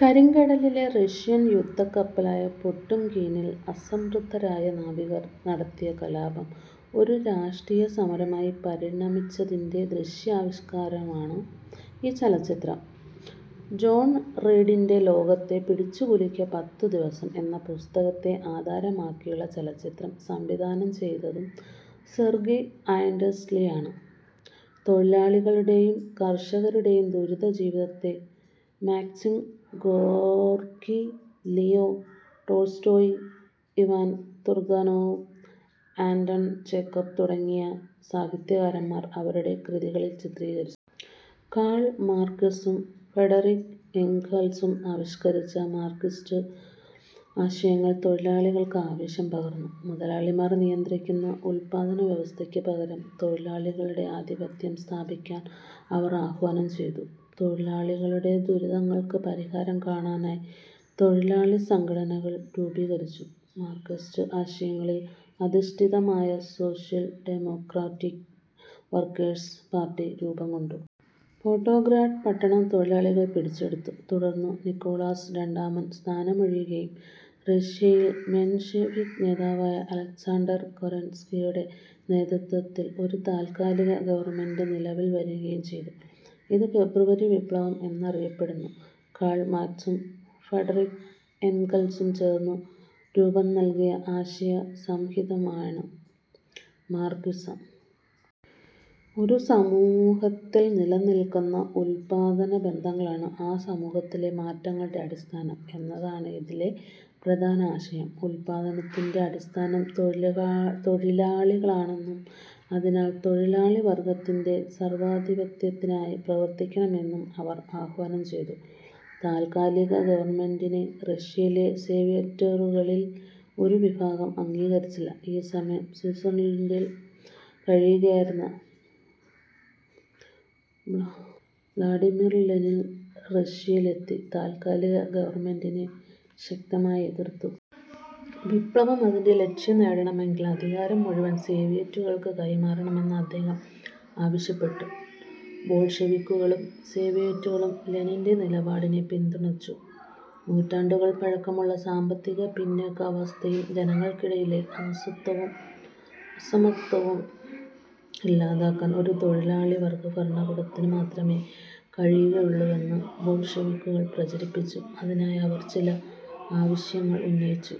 കരിങ്കടലിലെ Russian യുദ്ധക്കപ്പലായ പൊട്ടും കീനിൽ അസംതൃപ്തരായ നാവികർ നടത്തിയ കലാപം ഒരു രാഷ്ട്രീയസമരമായി പരിണമിച്ചതിന്റെ ദൃശ്യാവിഷ്കാരമാണ് ഈ ചലച്ചിത്രം. ജോൺ റീഡിന്റെ "ലോകത്തെ പിടിച്ചുകുലുക്കിയ പത്തു ദിവസം' എന്ന പുസ്തകത്തെ ആധാരമാക്കിയുള്ള ചലചിത്രം സംവിധാനം ചെയ്തതും സെർഗി ഐസൻസ്റ്റീനാണ്. തൊഴിലാളികളുടെയും കർഷകരുടെയും ദുരിതജീവിതത്തെ Maxim Gorky, Leo Tolstoy, Ivan Turgenev, Anton Chekhov തുടങ്ങിയ സാഹിത്യകാരന്മാർ അവരുടെ കൃതികളിൽ ചിത്രീകരിച്ചു. കാൾ മാർക്സും ഫഡറിക് ഏംഗൽസും ആവിഷ്കരിച്ച മാർക്സിസ്റ്റ് ആശയങ്ങൾ തൊഴിലാളികൾക്ക് ആവേശം പകർന്നു. മുതലാളിമാർ നിയന്ത്രിക്കുന്ന ഉൽപ്പാദനവ്യവസ്ഥയ്ക്ക് പകരം തൊഴിലാളികളുടെ ആധിപത്യം സ്ഥാപിക്കാൻ അവർ ആഹ്വാനം ചെയ്തു. തൊഴിലാളികളുടെ ദുരിതങ്ങൾക്ക് പരിഹാരം കാണാനായി തൊഴിലാളിസംഘടനകൾ രൂപീകരിച്ചു. മാർക്സിസ്റ്റ് ആശയങ്ങളിൽ അധിഷ്ഠിതമായ സോഷ്യൽ ഡെമോക്രാറ്റിക് വർക്കേഴ്സ് പാർട്ടി രൂപംകൊണ്ടു. പെട്രോഗ്രാഡ് പട്ടണം തൊഴിലാളികൾ പിടിച്ചെടുത്തു. തുടർന്ന് നിക്കോളാസ് രണ്ടാമൻ സ്ഥാനമൊഴിയുകയും റഷ്യയിൽ മെൻഷെവിക് നേതാവായ അലക്സാണ്ടർ കെരൻസ്കിയുടെ നേതൃത്വത്തിൽ ഒരു താൽക്കാലിക ഗവൺമെന്റ് നിലവിൽ വരുകയും ചെയ്തു. ഇത് ഫെബ്രുവരി വിപ്ലവം എന്നറിയപ്പെടുന്നു. കാൾ മാക്സും ഫ്രഡറിക് ഏംഗൽസും ചേർന്ന് രൂപം നൽകിയ ആശയ സംഹിതയാണ് മാർക്സിസം. ഒരു സമുഹത്തിൽ നിലനിൽക്കുന്ന ഉൽപ്പാദനബന്ധങ്ങളാണ് ആ സമൂഹത്തിലെ മാറ്റങ്ങളുടെ അടിസ്ഥാനം എന്നതാണ് ഇതിലെ പ്രധാന ആശയം. ഉൽപാദനത്തിന്റെ അടിസ്ഥാനം തൊഴിലാളികളാണെന്നും അതിനാൽ തൊഴിലാളിവർഗത്തിന്റെ സർവാധിപത്യത്തിനായി പ്രവർത്തിക്കണമെന്നും അവർ ആഹ്വാനം ചെയ്തു. താൽക്കാലിക ഗവൺമെന്റിനെ റഷ്യയിലെ സോവിയറ്റുകളിൽ ഒരു വിഭാഗം അംഗീകരിച്ചില്ല. ഈ സമയം സ്വിറ്റ്സർലൻഡിൽ കഴിയുകയായിരുന്ന വ്ളാഡിമിർ ലെനിൻ റഷ്യയിലെത്തി താൽക്കാലിക ഗവൺമെന്റിനെ ശക്തമായി എതിർത്തു. വിപ്ലവം അതിന്റെ ലക്ഷ്യം നേടണമെങ്കിൽ അധികാരം മുഴുവൻ സോവിയറ്റുകൾക്ക് കൈമാറണമെന്ന് അദ്ദേഹം ആവശ്യപ്പെട്ടു. ബോൾഷെവിക്കുകളും സോവിയറ്റുകളും ലെനിന്റെ നിലപാടിനെ പിന്തുണച്ചു. നൂറ്റാണ്ടുകൾ പഴക്കമുള്ള സാമ്പത്തിക പിന്നാക്കാവസ്ഥയും ജനങ്ങൾക്കിടയിലെ അസമത്വവും ഇല്ലാതാക്കാൻ ഒരു തൊഴിലാളി വർഗ ഭരണകൂടത്തിനുമാത്രമേ കഴിയുകയുള്ളൂവെന്ന് ബോൾഷെവിക്കുകൾ പ്രചരിപ്പിച്ചു. അതിനായി അവർ ചില ആവശ്യങ്ങൾ ഉന്നയിച്ചു.